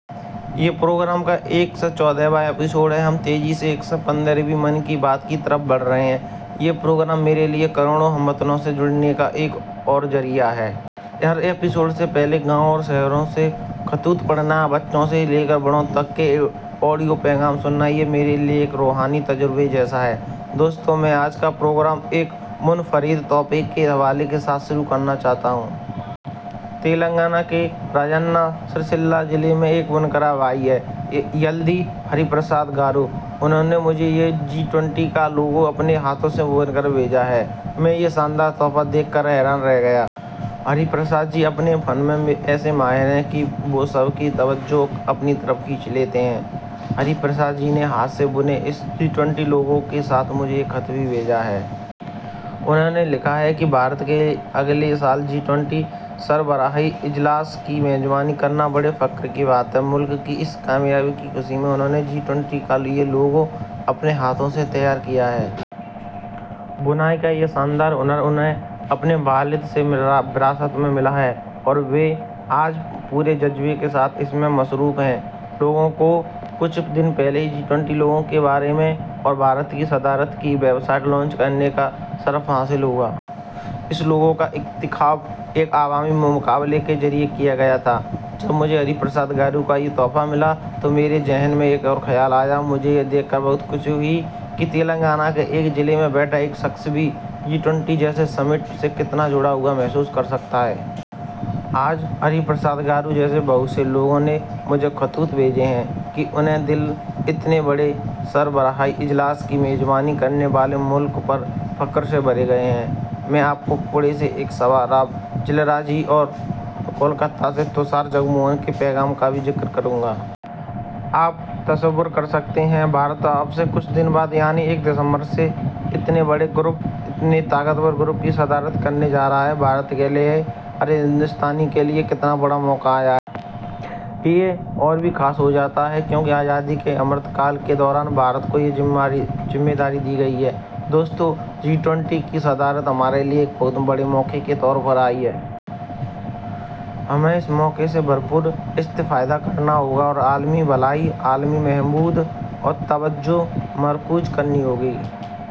یہ پروگرام کا واں ایپیسوڈ ہے۔ ہم تیزی سے ویں ' من کی بات ' کی طرف بڑھ رہے ہیں۔ یہ پروگرام میرے لئے کروڑ ہم وطنوں سے جڑنے کا ایک اور ذریعہ ہے۔ ہر ایپیسوڈ سے پہلے گاؤں اور شہروں کے خطوط پڑھنا ؛ بچوں سے لے کر بڑوں تک آڈیو پیغامات سننا؛ یہ میرے لئے ایک روحانی تجربے جیسا ہے۔ دوستو، میں آج کا پروگرام ایک منفرد تحفہ کے حوالے کے ساتھ شروع کرنا چاہتا ہوں۔ تلنگانہ کے راجنا سرسیلا ضلع میں ایک بنکر بھائی ہیں – یلدھی ہری پرساد گارو۔ انہوں نے مجھے یہ جی – کا لوگو اپنے ہاتھوں سے بن کر بھیجا ہے۔ میں یہ شاندار تحفہ دیکھ کر حیران رہ گیا۔ ہری پرساد جی اپنے فن میں ایسے ماہر ہیں کہ وہ سب کی توجہ اپنی طرف کھینچ لیتے ہیں۔ ہری پرساد جی نے ہاتھ سے بنے اس جی – لوگو کے ساتھ مجھے ایک خط بھی بھیجا ہے۔ اس میں ، انہوں نے لکھا ہے کہ بھارت کے لئے اگلے سال جی - سربراہی اجلاس کی میزبانی کرنا بڑے فخر کی بات ہے۔ ملک کی ، اس کامیابی کی خوشی میں ، انہوں نے جی – کا یہ لوگو اپنے ہاتھوں سے تیار کیا ہے۔ بُنائی کا یہ شاندار ہنر ، انہیں اپنے والد سے وراثت میں ملا ہے اور آج وہ پورے جذبے کے ساتھ اس میں مصروف ہیں۔ دوستو، کچھ دن پہلے مجھے جی – لوگو اور بھارت کی صدارت کی ویب سائٹ لانچ کرنے کا شرف حاصل ہوا۔ اس لوگو کا انتخاب ایک عوامی مقابلے کے ذریعے کیا گیا تھا۔ جب مجھے ہری پرساد گارو کا یہ تحفہ ملا تو میرے ذہن میں ایک اور خیال آیا۔ مجھے یہ دیکھ کر بہت خوشی ہوئی کہ تلنگانہ کے ایک ضلع میں بیٹھا ایک شخص بھی جی – جیسے سمٹ سے کتنا جڑا ہوا محسوس کر سکتا ہے۔ آج، ہری پرساد گارو جیسے بہت سے لوگوں نے مجھے خطوط بھیجے ہیں کہ ان کے دل اتنے بڑے سربراہی اجلاس کی میزبانی کرنے والے ملک پر فخر سے بھر گئے ہیں۔ میں آپ کو پونے سے سبا راؤ چلّرا جی اور کولکاتہ سے تشار جگموہن کے پیغام کا بھی ذکر کروں گا۔ آپ تصور کر سکتے ہیں – بھارت اب سے دن بعد یعنی یکم دسمبر سے اتنے بڑے گروپ، اتنے طاقتور گروپ کی صدارت کرنے جا رہا ہے۔ بھارت کے لئے، ہر بھارتی کے لئے کتنا بڑا موقع آیا ہے! یہ اور بھی خاص ہو جاتا ہے کیونکہ آزادی کا امرت کال کے دوران بھارت کو یہ ذمہ داری دی گئی ہے ۔ دوستو، جی – کی صدارت ہمارے لئے ایک بڑے موقع کے طور پر آئی ہے۔ ہمیں اس موقع سے بھرپور استفادہ کرنا ہوگا اور عالمی بھلائی، عالمی بہبود پر توجہ مرکوز کرنی ہوگی۔